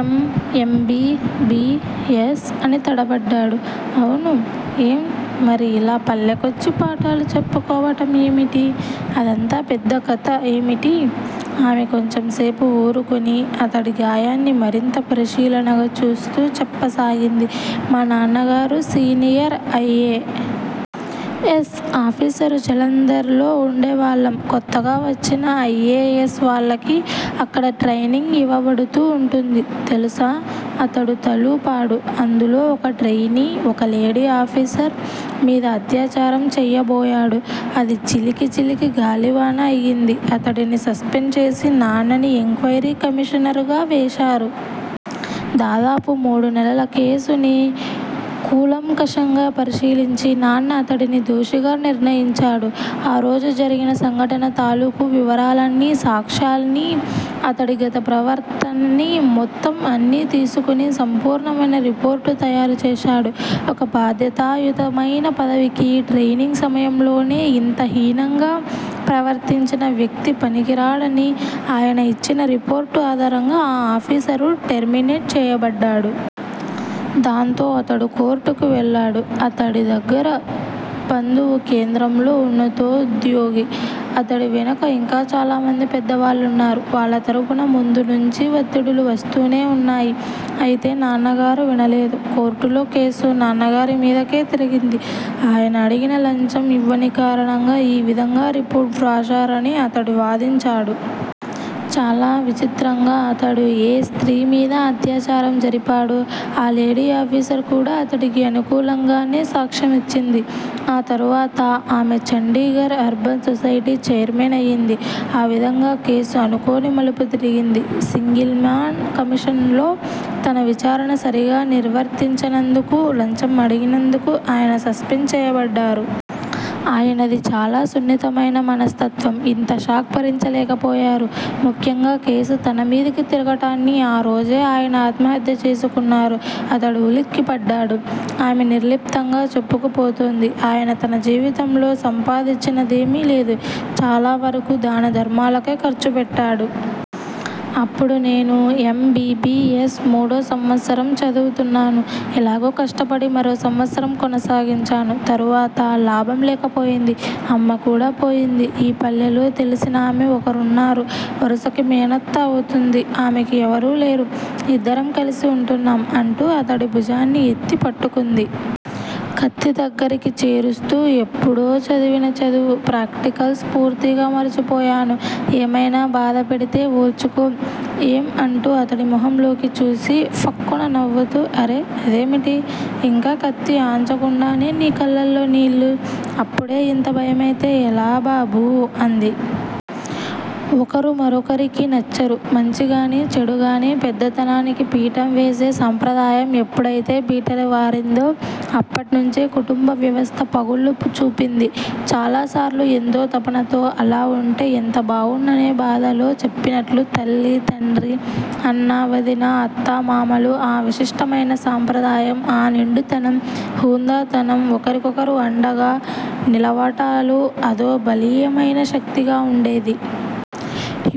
ఎమ్ M B. B. S. అని తడబడ్డాడు. అవును. ఏం! మరి ఇలా పల్లెకొచ్చి పాఠాలు చెప్పుకోవటం ఏమిటి? అదంతా పెద్ద కథ ఏమిటి? ఆమె కొంచెం సేపు వూరుకొని, అతడి గాయాన్ని మరింత పరిశీలనగా చూస్తూ చెప్పసాగింది. మా నాన్నగారు senior I. A. S. Officer Jalandhar లో వుండేవాళ్ళం కొత్తగా వచ్చిన ఐ. ఎ. యస్. వాళ్ళకి అక్కడ ట్రెయినింగ్ ఇవ్వబడుతూ వుంటుంది. తెలుసా?. అతడు తలూపాడు. అందులో ఒక ట్రెయినీ ఒక లేడీ ఆఫీసర్ మీద అత్యాచారం చెయ్యబోయాడు. అది చిలికి చిలికి గాలివాన అయ్యింది. అతడిని సస్పెండ్ చేసి నాన్నని ఎంక్వయిరీ కమీషనర్ గా వేశారు. దాదాపు మూడు నెలల కేసుని కూలంకషంగా పరిశీలించి నాన్న అతడిని దోషిగా నిర్ణయించాడు. ఆ రోజు జరిగిన సంఘటన తాలూకు వివరాల్నీ, సాక్ష్యాల్నీ, అతడి గత ప్రవర్తనని, మొత్తం అన్నీ తీసుకుని సంపూర్ణమైన రిపోర్టు తయారు చేశాడు. ఒక బాధ్యతాయుతమైన పదవికి, ట్రెయినింగ్ సమయంలోనే ఇంత హీనంగా ప్రవర్తించిన వ్యక్తి పనికిరాడని ఆయన ఇచ్చిన రిపోర్టు ఆధారంగా ఆ ఆఫీసరు టెర్మినేట్ చెయ్యబడ్డాడు. దాంతో అతడు కోర్టుకి వెళ్ళాడు. అతడి దగ్గిర బంధువు కేంద్రంలో ఉన్నతోద్యోగి. అతడి వెనక ఇంకా చాలామంది పెద్దవాళ్ళున్నారు. వాళ్ళ తరఫున ముందు నుంచీ వత్తిడులు వస్తూనే వున్నాయి. అయితే నాన్నగారు వినలేదు. కోర్టులో కేసు నాన్నగారి మీదకే తిరిగింది. ఆయన అడిగిన లంచం ఇవ్వని కారణంగా ఈ విధంగ్ రిపోర్టు వ్రాశారని అతడు వాదించాడు. చాలా విచిత్రంగా అతడు ఏ స్త్రీ మీద అత్యాచారం జరిపాడో, ఆ లేడీ ఆఫీసర్ కూడా అతడికి అనుకూలంగానే సాక్ష్యమిచ్చింది. ఆ తరువాత ఆమె చండీగర్ అర్బన్ సొసైటీ ఛైర్మన్ అయింది. ఆ విధంగా కేసు అనుకోని మలుపు తిరిగింది. సింగిల్ మాన్ కమిషన్ లో తన విచారణ సరిగా నిర్వర్తించనందుకూ, లంచం అడిగినందుకూ ఆయన సస్పెండ్ చేయబడ్డారు. ఆయనది చాలా సున్నితమైన మనస్తత్వం! ఇంత షాక్ భరించలేకపోయారు. ముఖ్యంగా కేసు తన మీదికి తిరగటాన్ని ఆ రోజే ఆయన ఆత్మహత్య చేసుకున్నారు అతడు ఉలిక్కిపడ్డాడు. ఆమె నిర్లిప్తంగా చెప్పుకుపోతుంది. ఆయన తన జీవితంలో సంపాదించినదేమీ లేదు. చాలా వరకు దాన ధర్మాలకే ఖర్చు పెట్టాడు. అప్పుడు నేను యం. బి. బి. యస్. మూడో సంవత్సరం చదువుతున్నాను. ఎలాగో కష్టపడి మరో సంవత్సరం కొనసాగించాను. తరువాత లాభం లేకపోయింది. అమ్మ కూడ పోయింది. ఈ పల్లెలో తెలిసినామె ఒకరున్నారు. వరుసకి మేనత్త అవుతుంది. ఆమెకి ఎవరూ లేరు. ఇద్దరం కలిసి ఉంటున్నాం అంటూ అతడి భుజాన్ని ఎత్తి పట్టుకుంది. కత్తి దగ్గిరకి చేరుస్తూ ఎప్పుడో చదివిన చదువు, ప్రాక్టికల్స్ పూర్తిగా మర్చిపోయాను. ఏమైనా బాధపెడితే ఓర్చుకో- ఏం అంటూ అతడి మొహంలోకి చూసి, ఫక్కున నవ్వుతూ అరె- అదేమిటి- ఇంకా కత్తి ఆన్చకుండానే నీ కళ్లలో నీళ్ళు? అప్పుడే ఇంత భయమైతే ఎలా బాబూ అంది. ఒకరు మరొకరికి నచ్చరు. మంచిగానీ, చెడుగానీ, పెద్దతనానికి పీఠం వేసే సంప్రదాయం ఎప్పుడయితే బీటలువారిందో అప్పట్నుంచే కుటుంబ వ్యవస్థ పగుళ్ళు చూపింది. చాలాసార్లు ఎంతో తపనతో, అలా వుంటే ఎంత బావున్ననే బాధలో చెప్పినట్లు తల్లి తండ్రి, అన్నా వదినా, అత్తా మామలు, ఆ విశిష్టమైన సంప్రదాయం, ఆ నిండుతనం, హుందాతనం, ఒకరికొకరు అండగా నిలవటాలు అదో బలీయమైన శక్తిగా వుండేది.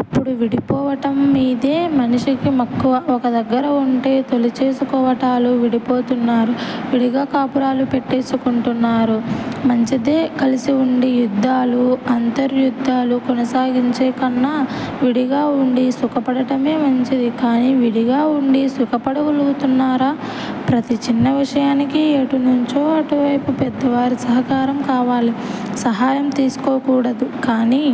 ఇప్పుడు విడిపోవటం మీదే మనిషికి మక్కువ. ఒక దగ్గర వుంటే తొలిచేసుకోవటాలు. విడిపోతున్నారు. విడిగా కాపురాలు పెట్టేసుకుంటున్నారు. మంచిదే కలిసి వుండి యుద్దాలు, అంతర్యుద్దాలు కొనసాగించేకన్నా విడిగా వుండి సుఖపడటమే మంచిది. కాని విడిగా వుండి సుఖపడగలుగుతున్నారా? ప్రతి చిన్న విషయానికి ఎటునుంచో అటువైపు పెద్దవారి సహకారం కావాలి. సహాయం తీసుకోకూడదు. కాని